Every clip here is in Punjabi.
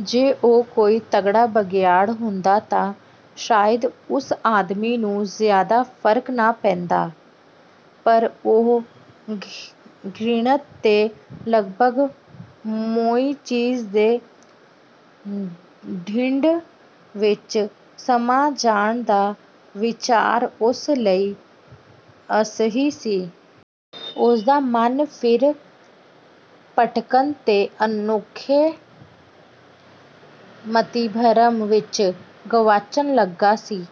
ਜੇ ਉਹ ਕੋਈ ਤਕੜਾ ਬਘਿਆੜ ਹੁੰਦਾ ਤਾਂ ਸ਼ਾਇਦ ਉਸ ਆਦਮੀ ਨੂੰ ਜ਼ਿਆਦਾ ਫਰਕ ਨਾ ਪੈਂਦਾ, ਪਰ ਉਸ ਘ੍ਰਿਣਤ ਤੇ ਲਗਭਗ ਮੋਈ ਚੀਜ਼ ਦੇ ਢਿੱਡ ਵਿੱਚ ਸਮਾ ਜਾਣ ਦਾ ਵਿਚਾਰ ਉਸ ਲਈ ਅਸਹਿ ਸੀ। ਉਸਦਾ ਮਨ ਫਿਰ ਭਟਕਣ ਤੇ ਅਨੋਖੇ ਮਤੀਭਰਮ ਵਿੱਚ ਗੁਆਚਣ ਲੱਗਾ ਸੀ,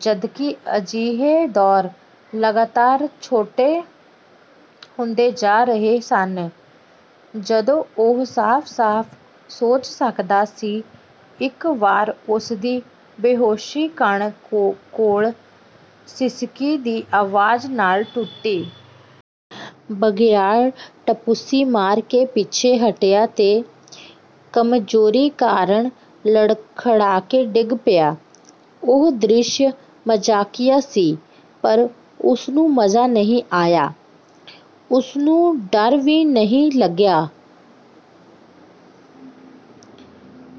ਜਦਕਿ ਅਜਿਹੇ ਦੌਰ ਲਗਾਤਾਰ ਛੋਟੇ ਹੁੰਦੇ ਜਾ ਰਹੇ ਸਨ, ਜਦੋਂ ਉਹ ਸਾਫ਼-ਸਾਫ਼ ਸੋਚ ਸਕਦਾ ਸੀ। ਇੱਕ ਵਾਰ ਉਸਦੀ ਬੇਹੋਸ਼ੀ ਕੰਨ ਕੋਲ ਸਿਸਕੀ ਦੀ ਅਵਾਜ਼ ਨਾਲ਼ ਟੁੱਟੀ। ਬਘਿਆੜ ਟਪੂਸੀ ਮਾਰ ਕੇ ਪਿੱਛੇ ਹਟਿਆ ਤੇ ਕਮਜ਼ੋਰੀ ਕਾਰਨ ਲੜਖੜਾਕੇ ਡਿੱਗ ਪਿਆ। ਇਹ ਦ੍ਰਿਸ਼ ਮਜ਼ਾਕੀਆ ਸੀ, ਪਰ ਉਸਨੂੰ ਮਜ਼ਾ ਨਹੀਂ ਆਇਆ। ਉਸਨੂੰ ਡਰ ਵੀ ਨਹੀਂ ਲੱਗਾ।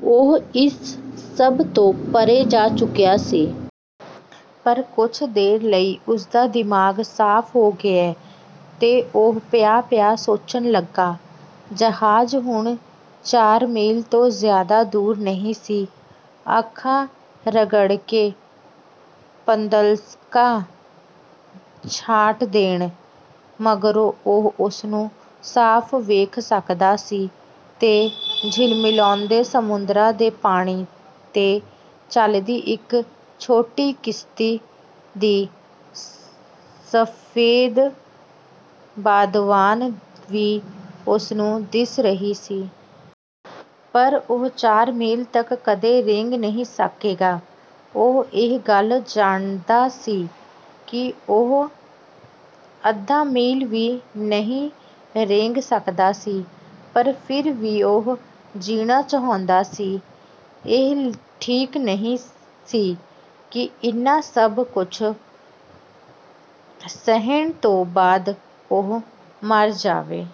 ਉਹ ਇਸ ਸਭ ਤੋਂ ਪਰ੍ਹੇ ਜਾ ਚੁੱਕਿਆ ਸੀ। ਪਰ ਕੁੱਝ ਦੇਰ ਲਈ ਉਸਦਾ ਦਿਮਾਗ਼ ਸਾਫ਼ ਹੋ ਗਿਆ ਤੇ ਉਹ ਪਿਆ-ਪਿਆ ਸੋਚਣ ਲੱਗਾ। ਜਹਾਜ਼ ਹੁਣ ਚਾਰ ਮੀਲ ਤੋਂ ਜ਼ਿਆਦਾ ਦੂਰ ਨਹੀਂ ਸੀ। ਅੱਖਾਂ ਰਗੜਕੇ ਧੁੰਦਲ਼ਕਾ ਛਾਂਟ ਦੇਣ ਮਗਰੋਂ ਉਹ ਉਸਨੂੰ ਸਾਫ਼ ਵੇਖ ਸਕਦਾ ਸੀ ਤੇ ਝਿਲਮਿਲਾਉਂਦੇ ਸਮੁੰਦਰ ਦੇ ਪਾਣੀ 'ਤੇ ਚੱਲਦੀ ਇੱਕ ਛੋਟੀ ਕਿਸ਼ਤੀ ਦੀ ਸਫੇਦ ਬਾਦਵਾਨ ਵੀ ਉਸਨੂੰ ਦਿਸ ਰਹੀ ਸੀ। ਪਰ ਉਹ ਚਾਰ ਮੀਲ ਤੱਕ ਕਦੇ ਰੀਂਗ ਨਹੀਂ ਸਕੇਗਾ। ਉਹ ਇਹ ਗੱਲ ਜਾਣਦਾ ਸੀ ਕਿ ਉਹ ਅੱਧਾ ਮੀਲ ਵੀ ਨਹੀਂ ਰੀਂਗ ਸਕਦਾ ਸੀ। ਪਰ ਫਿਰ ਵੀ ਉਹ ਜੀਣਾ ਚਾਹੁੰਦਾ ਸੀ। ਇਹ ਠੀਕ ਨਹੀਂ ਸੀ ਕਿ ਇੰਨਾ ਸਭ ਕੁੱਝ ਸਹਿਣ ਤੋਂ ਬਾਅਦ ਉਹ ਮਰ ਜਾਵੇ।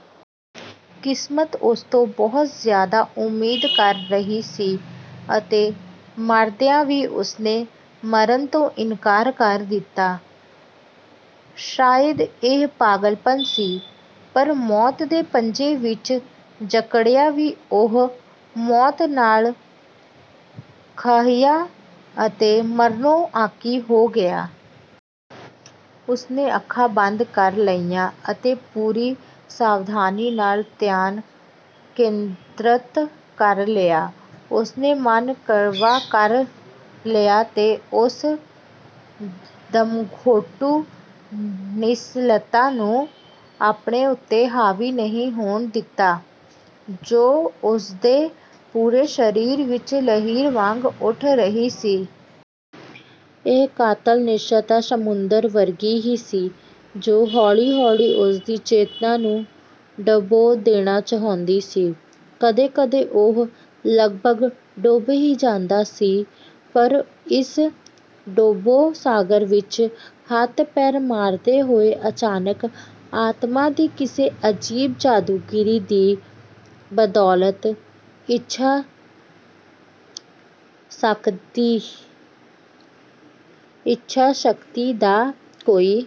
ਕਿਸਮਤ ਉਸਤੋਂ ਬਹੁਤ ਜ਼ਿਆਦਾ ਉਮੀਦ ਕਰ ਰਹੀ ਸੀ ਅਤੇ ਮਰਦਿਆਂ ਵੀ ਉਸਨੇ ਮਰਨ ਤੋਂ ਇਨਕਾਰ ਕਰ ਦਿੱਤਾ। ਸ਼ਾਇਦ ਇਹ ਪਾਗਲਪਣ ਸੀ, ਪਰ ਮੌਤ ਦੇ ਪੰਜੇ ਵਿੱਚ ਜਕੜਿਆਂ ਵੀ ਉਹ ਮੌਤ ਨਾਲ਼ ਖਹਿਆ ਅਤੇ ਮਰਨੋਂ ਆਕੀ ਹੋ ਗਿਆ। ਉਸਨੇ ਅੱਖਾਂ ਬੰਦ ਕਰ ਲਈਆਂ ਅਤੇ ਪੂਰੀ ਸਾਵਧਾਨੀ ਨਾਲ਼ ਧਿਆਨ ਕੇਂਦਰਤ ਕਰ ਲਿਆ। ਉਸਨੇ ਮਨ ਕਰੜਾ ਕਰ ਲਿਆ ਤੇ ਉਸ ਦਮਘੋਟੂ ਨਿੱਸਲ਼ਤਾ ਨੂੰ ਆਪਣੇ ਉੱਤੇ ਹਾਵੀ ਨਹੀਂ ਹੋਣ ਦਿੱਤਾ, ਜੋ ਉਸਦੇ ਪੂਰੇ ਸਰੀਰ ਵਿੱਚ ਲਹਿਰ ਵਾਂਗ ਉੱਠ ਰਹੀ ਸੀ। ਇਹ ਕਾਤਲ ਨਿੱਸਲ਼ਤਾ ਸਮੁੰਦਰ ਵਰਗੀ ਹੀ ਸੀ, ਜੋ ਹੌਲੀ-ਹੌਲੀ ਉਸਦੀ ਚੇਤਨਾ ਨੂੰ ਡੁਬੋ ਦੇਣਾ ਚਾਹੁੰਦੀ ਸੀ। ਕਦੇ-ਕਦੇ ਉਹ ਲਗਭਗ ਡੁੱਬ ਹੀ ਜਾਂਦਾ ਸੀ; ਪਰ ਇਸ ਡੋਬੂ ਸਾਗਰ ਵਿੱਚ ਹੱਥ-ਪੈਰ ਮਾਰਦੇ ਹੋਏ ਅਚਾਨਕ ਆਤਮਾ ਦੀ ਕਿਸੇ ਅਜੀਬ ਜਾਦੂਗਿਰੀ ਦੀ ਬਦੌਲਤ ਇੱਛਾ-ਸ਼ਕਤੀ ਦਾ ਕੋਈ...